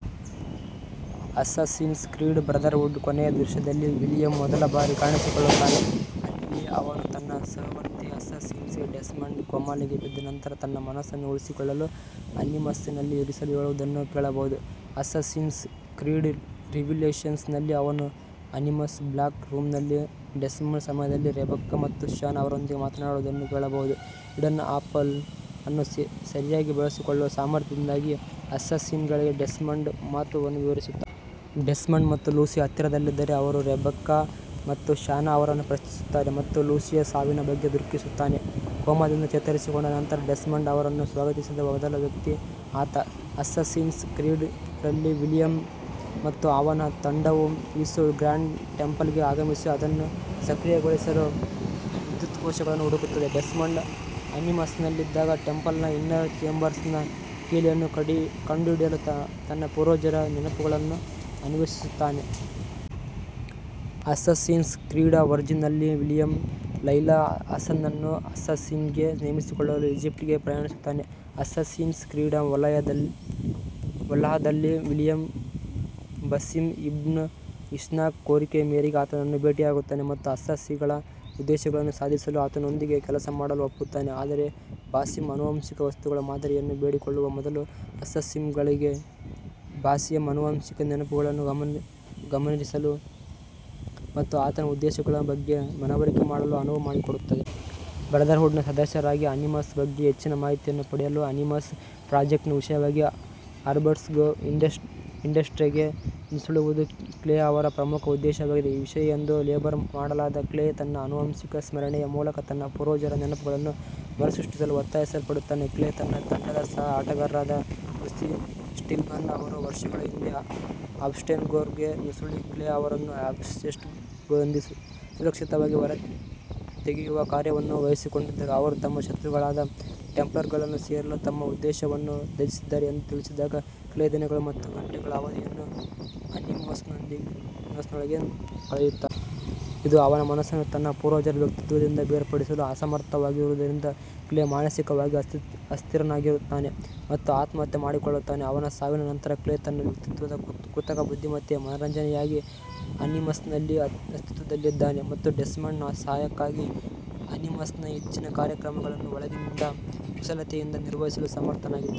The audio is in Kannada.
ಅಸ್ಸಾಸಿನ್ಸ್ ಕ್ರೀಡ್ಃ ಬ್ರದರ್ಹುಡ್ನ ಕೊನೆಯ ದೃಶ್ಯದಲ್ಲಿ ವಿಲಿಯಂ ಮೊದಲ ಬಾರಿಗೆ ಕಾಣಿಸಿಕೊಳ್ಳುತ್ತಾನೆ, ಅಲ್ಲಿ ಅವನು ತನ್ನ ಸಹವರ್ತಿ ಅಸ್ಸಾಸಿನ್ಸ್ಗೆ ಡೆಸ್ಮಂಡ್ ಕೋಮಾಗೆ ಬಿದ್ದ ನಂತರ ತನ್ನ ಮನಸ್ಸನ್ನು ಉಳಿಸಿಕೊಳ್ಳಲು ಅನಿಮಸ್ನಲ್ಲಿ ಇರಿಸಲು ಹೇಳುವುದನ್ನು ಕೇಳಬಹುದು. ಅಸ್ಸಾಸಿನ್ಸ್ ಕ್ರೀಡ್ಃ ರಿವಿಲೇಷನ್ಸ್ ನಲ್ಲಿ, ಅವನು ಅನಿಮಸ್ ಬ್ಲ್ಯಾಕ್ ರೂಮ್ನಲ್ಲಿ ಡೆಸ್ಮಂಡ್ನ ಸಮಯದಲ್ಲಿ ರೆಬೆಕ್ಕಾ ಮತ್ತು ಶಾನ್ ಅವರೊಂದಿಗೆ ಮಾತನಾಡುವುದನ್ನು ಕೇಳಬಹುದು, ಈಡನ್ ಆಪಲ್ ಅನ್ನು ಸರಿಯಾಗಿ ಬಳಸಿಕೊಳ್ಳುವ ಸಾಮರ್ಥ್ಯದಿಂದಾಗಿ ಅಸ್ಸಾಸಿನ್ಗಳಿಗೆ ಡೆಸ್ಮಂಡ್ನ ಮಹತ್ವವನ್ನು ವಿವರಿಸುತ್ತಾನೆ. ಡೆಸ್ಮಂಡ್ ಮತ್ತು ಲೂಸಿ ಹತ್ತಿರದಲ್ಲಿದ್ದರೆ ಅವನು ರೆಬೆಕ್ಕಾ ಮತ್ತು ಶಾನ್ ಅವರನ್ನು ಪ್ರಶ್ನಿಸುತ್ತಾನೆ ಮತ್ತು ಲೂಸಿ ಸಾವಿನ ಬಗ್ಗೆ ದುಃಖಿಸುತ್ತಾನೆ. ಕೋಮಾದಿಂದ ಚೇತರಿಸಿಕೊಂಡ ನಂತರ ಡೆಸ್ಮಂಡ್ ಅವರನ್ನು ಸ್ವಾಗತಿಸಿದ ಮೊದಲ ವ್ಯಕ್ತಿ ಆತ. ಅಸ್ಸಾಸಿನ್ಸ್ ಕ್ರೀಡ್ ರಲ್ಲಿ, ವಿಲಿಯಂ ಮತ್ತು ಅವನ ತಂಡವು ಇಸು ಗ್ರ್ಯಾಂಡ್ ಟೆಂಪಲ್ಗೆ ಆಗಮಿಸಿ ಅದನ್ನು ಸಕ್ರಿಯಗೊಳಿಸಲು ವಿದ್ಯುತ್ ಕೋಶಗಳನ್ನು ಹುಡುಕುತ್ತದೆ, ಡೆಸ್ಮಂಡ್ ಅನಿಮಸ್ನಲ್ಲಿದ್ದಾಗ, ಟೆಂಪಲ್ನ ಇನ್ನರ್ ಚೇಂಬರ್ಸ್ನ ಕೀಲಿಯನ್ನು ಕಂಡುಹಿಡಿಯಲು ತನ್ನ ಪೂರ್ವಜರ ನೆನಪುಗಳನ್ನು ಅನ್ವೇಷಿಸುತ್ತಾನೆ. ಅಸ್ಸಾಸಿನ್ಸ್ ಕ್ರೀಡ್ ಒರಿಜಿನ್ಸ್ನಲ್ಲಿ, ವಿಲಿಯಂ ಲೈಲಾ ಹಸನ್ನನ್ನು ಅಸ್ಸಾಸಿನ್ಸ್ಗೆ ನೇಮಿಸಿಕೊಳ್ಳಲು ಈಜಿಪ್ಟ್ಗೆ ಪ್ರಯಾಣಿಸುತ್ತಾನೆ. ಅಸ್ಸಾಸಿನ್ಸ್ ಕ್ರೀಡ್ ವಲ್ಹಲ್ಲಾದಲ್ಲಿ, ವಿಲಿಯಂ ಬಸಿಂ ಇಬ್ನ್ ಇಶಾಕ್ನ ಕೋರಿಕೆಯ ಮೇರೆಗೆ ಆತನನ್ನು ಭೇಟಿಯಾಗುತ್ತಾನೆ ಮತ್ತು ಅಸ್ಸಾಸಿನ್ಗಳ ಉದ್ದೇಶಗಳನ್ನು ಸಾಧಿಸಲು ಆತನೊಂದಿಗೆ ಕೆಲಸ ಮಾಡಲು ಒಪ್ಪುತ್ತಾನೆ, ಆದರೆ ಬಾಸಿಂನ ಆನುವಂಶಿಕ ವಸ್ತುಗಳ ಮಾದರಿಯನ್ನು ಬೇಡಿಕೊಳ್ಳುವ ಮೊದಲು, ಅಸ್ಸಾಸಿನ್ಗಳಿಗೆ ಬಾಸಿಂನ ಆನುವಂಶಿಕ ನೆನಪುಗಳನ್ನು ಗಮನಿಸಲು ಮತ್ತು ಆತನ ಉದ್ದೇಶಗಳ ಬಗ್ಗೆ ಮನವರಿಕೆ ಮಾಡಲು ಅನುವು ಮಾಡಿಕೊಡುತ್ತದೆ. ಬ್ರದರ್ಹುಡ್ನ ಸದಸ್ಯರಾಗಿ, ಅನಿಮಸ್ ಬಗ್ಗೆ ಹೆಚ್ಚಿನ ಮಾಹಿತಿಯನ್ನು ಪಡೆಯಲು ಅನಿಮಸ್ ಪ್ರಾಜೆಕ್ಟ್ನ ವಿಷಯವಾಗಿ ಅಬ್ಸ್ಟರ್ಗೊ ಇಂಡಸ್ಟ್ರೀಸ್ಗೆ ನುಸುಳುವುದು ಕ್ಲೇ ಅವರ ಪ್ರಮುಖ ಉದ್ದೇಶವಾಗಿದೆ. ವಿಷಯ ಎಂದು ಲೇಬಲ್ ಮಾಡಲಾದ ಕ್ಲೇ ತನ್ನ ಆನುವಂಶಿಕ ಸ್ಮರಣೆಯ ಮೂಲಕ ತನ್ನ ಪೂರ್ವಜರ ನೆನಪುಗಳನ್ನು ಮರುಸೃಷ್ಟಿಸಲು ಒತ್ತಾಯಿಸಲ್ಪಡುತ್ತಾನೆ. ಕ್ಲೇ ತನ್ನ ತಂಡದ ಸಹ ಆಟಗಾರರಾದ ಲೂಸಿ ಸ್ಟಿಲ್ಮನ್-ಅವರು ವರ್ಷಗಳ ಹಿಂದೆ ಅಬ್ಸ್ಟೆರ್ಗೊಗೆ ನುಸುಳಿ, ಕ್ಲೇ ಅವರನ್ನು ಅಬ್ಸ್ಟೆರ್ಗೊದಿಂದ ಸುರಕ್ಷಿತವಾಗಿ ಹೊರತೆಗೆಯುವ ಕಾರ್ಯವನ್ನು ವಹಿಸಿಕೊಂಡಿದ್ದರು-ಅವರು ತಮ್ಮ ಶತ್ರುಗಳಾದ ಟೆಂಪ್ಲರ್ಗಳನ್ನು ಸೇರಲು ತಮ್ಮ ಉದ್ದೇಶವನ್ನು ತ್ಯಜಿಸಿದ್ದಾರೆ ಎಂದು ತಿಳಿದಾಗ, ಕ್ಲೇ ದಿನಗಳು ಮತ್ತು ಗಂಟೆಗಳ ಅವಧಿಯನ್ನು ಅನಿಮಸ್ನೊಳಗೆ ಕಳೆಯುತ್ತಾರೆ. ಇದು ಅವನ ಮನಸ್ಸನ್ನು ತನ್ನ ಪೂರ್ವಜರ ವ್ಯಕ್ತಿತ್ವದಿಂದ ಬೇರ್ಪಡಿಸಲು ಅಸಮರ್ಥವಾಗಿಸುವುದರಿಂದ, ಕ್ಲೇ ಮಾನಸಿಕವಾಗಿ ಅಸ್ಥಿರನಾಗುತ್ತಾನೆ ಮತ್ತು ಆತ್ಮಹತ್ಯೆ ಮಾಡಿಕೊಳ್ಳುತ್ತಾನೆ. ಅವನ ಸಾವಿನ ನಂತರ, ಕ್ಲೇ ತನ್ನ ವ್ಯಕ್ತಿತ್ವದ ಕೃತಕ ಬುದ್ಧಿಮತ್ತೆಯ ಮನರಂಜನೆಯಾಗಿ ಅನಿಮಸ್ನಲ್ಲಿ ಅಸ್ತಿತ್ವದಲ್ಲಿದ್ದಾನೆ ಮತ್ತು ಡೆಸ್ಮಂಡ್ನ ಸಹಾಯಕ್ಕಾಗಿ ಅನಿಮಸ್ನ ಹೆಚ್ಚಿನ ಕಾರ್ಯಕ್ರಮಗಳನ್ನು ಒಳಗಿನಿಂದ ಕುಶಲತೆಯಿಂದ ನಿರ್ವಹಿಸಲು ಸಮರ್ಥನಾಗಿದ್ದಾನೆ.